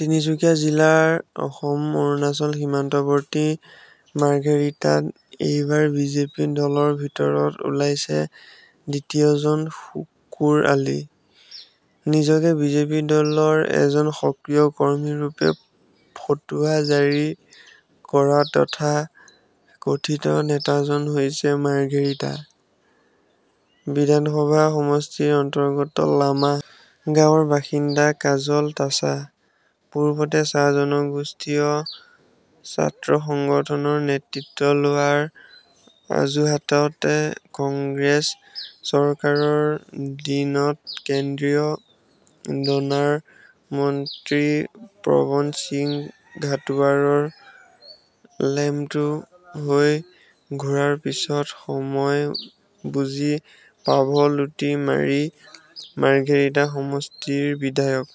তিনিচুকীয়া জিলাৰ অসম অৰুণাচল সীমান্তবৰ্তী মাৰ্ঘেৰিটাত এইবাৰ বিজেপি দলৰ ভিতৰত ওলাইছে দ্বিতীয়জন শুকুৰ আলি৷ নিজকে বিজেপি দলৰ এজন সক্ৰিয় কৰ্মী ৰূপে ফটোৱা জাৰি কৰা তথা কথিত নেতাজন হৈছে মাৰ্ঘেৰিটা। বিধানসভা সমষ্টিৰ অন্তৰ্গত লামা গাৱৰ বাসিন্দা কাজল তাছা৷ পূৰ্বতে চাহ জনগোষ্ঠীয় ছাত্ৰ সংগঠনৰ নেতৃত্ব লোৱাৰ অজুহাততে কংগ্ৰেছ চৰকাৰৰ দিনত কেন্দ্ৰীয় ডনাৰ মন্ত্ৰী পৱন সিং ঘাটোৱাৰৰ লেমটো হৈ ঘুৰাৰ পিছত সময় বুজি পাভ লুটি মাৰি মাৰ্ঘেৰিটাৰ সমষ্টিৰ বিধায়ক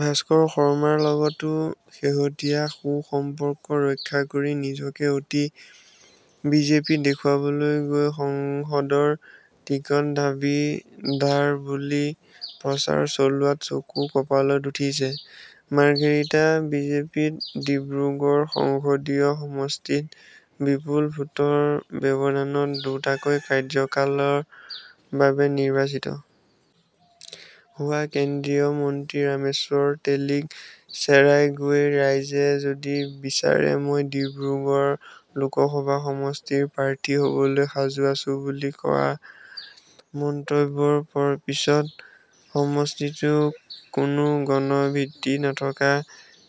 ভাস্কৰ শৰ্মাৰ লগতো শেহতীয়াকৈ সু-সম্পৰ্ক ৰক্ষা কৰি নিজকে অতি বিজেপি দেখুৱাবলৈ গৈ সংসদৰ টিকট দাবী-দাৰ বুলি প্ৰচাৰ চলোৱাত চকু কপালত উঠিছে মাৰ্ঘেৰিটা বিজেপিত৷ ডিব্ৰুগড় সংসদীয় সমষ্টিত বিপুল ভোটৰ ব্যৱধানত দুটাকৈ কাৰ্যকালৰ বাবে নিৰ্বাচিত হোৱা কেন্দ্ৰীয় মন্ত্ৰী ৰামেশ্বৰ তেলীক চেৰাই গৈ ৰাইজে যদি বিছাৰে মই ডিব্ৰুগড় লোকসভা সমষ্টিৰ প্ৰাৰ্থী হ'বলৈ সাজু আছোঁ বুলি কৰা মন্তব্যৰ পিছত সমষ্টিটোত কোনো গণ ভিত্তি নথকা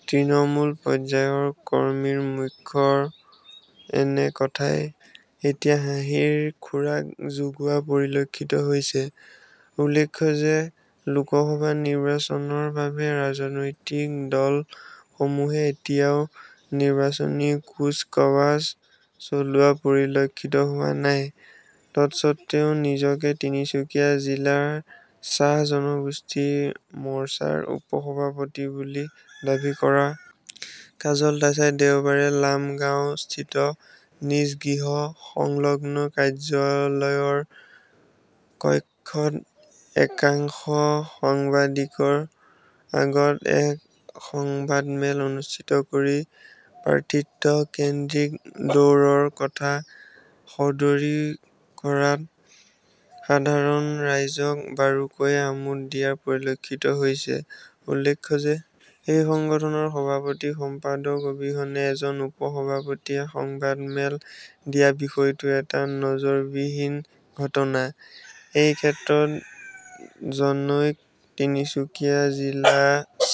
তৃণমূল পৰ্যায়ৰ কৰ্মীৰ মুখৰ এনে কথাই এতিয়া হাঁহিৰ খোৰাক যোগোৱা পৰিলক্ষিত হৈছে৷ উল্লেখ্য যে লোকসভা নিৰ্বাচনৰ বাবে ৰাজনৈতিক দল সমূহে এতিয়াও নিৰ্বাচনী কুজ কাৱাজ চলোৱা পৰিলক্ষিত হোৱা নাই৷ তৎস্বত্বেও নিজকে তিনিচুকীয়া জিলা চাহ জনগোষ্ঠী মৰ্চাৰ উপঃসভাপতি বুলি দাবী কৰা কাজল তাছাই দেওবাৰে লাম গাওঁ স্থিত নিজ গৃহ সংলগ্ন কাৰ্যালয়ৰ কক্ষত একাংশ সাংবাদিকৰ আগত এক সংবাদমেল অনুষ্ঠিত কৰি প্ৰাৰ্থীত্ব কেন্দ্ৰীক দৌৰৰ কথা সদৰি কৰাত সাধাৰণ ৰাইজক বাৰুকৈয়ে আমোদ দিয়া পৰিলক্ষিত হৈছে৷ উল্লেখ্য যে এটা সংগঠনৰ সভাপতি সম্পাদক অবিহনে এজন উপঃ সভাপতিয়ে সংবাদমেল দিয়া বিষয়টো এটা নজৰবিহীন ঘটনা৷ এই ক্ষেত্ৰত জনৈক তিনিচুকীয়া জিলা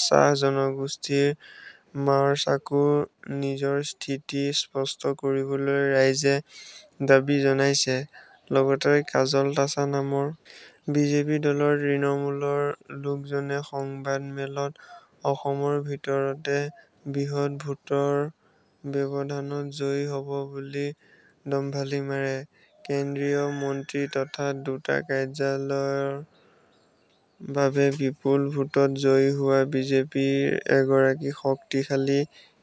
চাহ জনগোষ্ঠী মৰ্চাকো নিজৰ স্থিতি স্পষ্ট কৰিবলৈ ৰাইজে দাবী জনাইছে৷ লগতে কাজল তাছা নামৰ বিজেপি দলৰ তৃণমূলৰ লোকজনে সংবাদ মেলত অসমৰ ভিতৰতে বৃহৎ ভোটৰ ব্যৱধানত জয়ী হ'ব বুলিও দম্ভালি মাৰে৷ কেন্দ্ৰীয় মন্ত্ৰী তথা দুটা কাৰ্যকালৰ বাবে বিপুল ভোটত জয়ী হোৱা বিজেপিৰ এগৰাকী শক্তিশালী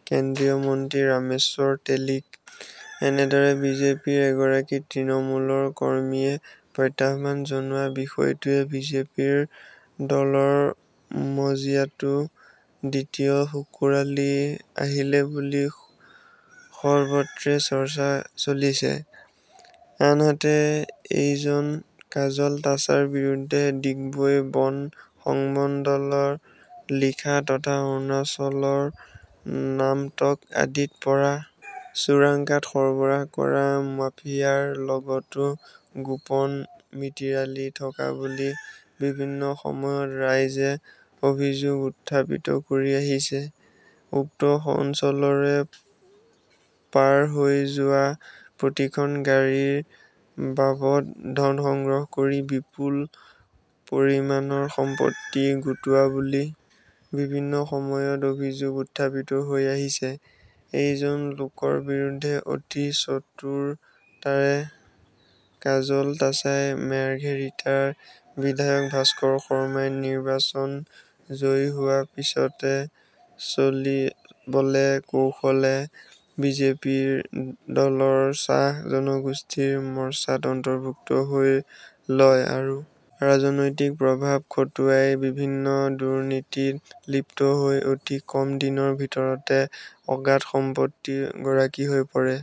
কেন্দ্ৰীয় মন্ত্ৰী ৰামেশ্বৰ তেলীক এনেদৰে বিজেপিৰ এগৰাকী তৃণমূলৰ কৰ্মীয়ে প্ৰত্যাহ্বান জনোৱা বিষয়টোৱে বিজেপিৰ দলৰ মজিয়াতো দ্বিতীয় শুকুৰ আলি আহিলে বুলি সৰ্বত্ৰে চৰ্চা চলিছে৷ আনহাতে এইজন কাজল তাছাৰ বিৰুদ্ধে ডিগবৈ বন সংমণ্ডলৰ লিখা তথা অৰুণাচলৰ নামটক আদিৰ পৰা চোৰাং কাঠ সৰবৰাহ কৰা মাফিয়াৰ লগতো গোপন মিতিৰালি থকা বুলি বিভিন্ন সময়ত ৰাইজে অভিযোগ উত্থাপিত কৰি আহিছে৷ উক্ত অঞ্চলেৰে পাৰ হৈ যোৱা প্ৰতিখন গাড়ীৰ বাবদ ধন সংগ্ৰহ কৰি বিপুল পৰিমাণৰ সম্পত্তি গোটোৱা বুলি বিভিন্ন সময়ত অভিযোগ উত্থাপিত হৈ আহিছে এইজন লোকৰ বিৰুদ্ধে৷ অতি চতুৰতাৰে কাজল তাছাই মাৰ্ঘেৰিটাৰ বিধায়ক ভাস্কৰ শৰ্মাই নিৰ্বাচন জয়ী হোৱাৰ পিছতে চলে বলে কৌশলে বিজেপিৰ দলৰ চাহ জনগোষ্ঠী মৰ্চাত অন্তভুৰ্ক্ত হৈ লয় আৰু ৰাজনৈতিক প্ৰভাৱ খটুৱাই বিভিন্ন দুৰ্নীতিত লিপ্ত হৈ অতি কম দিনৰ ভিতৰতে অগাধ সম্পত্তিৰ গৰাকী হৈ পৰে৷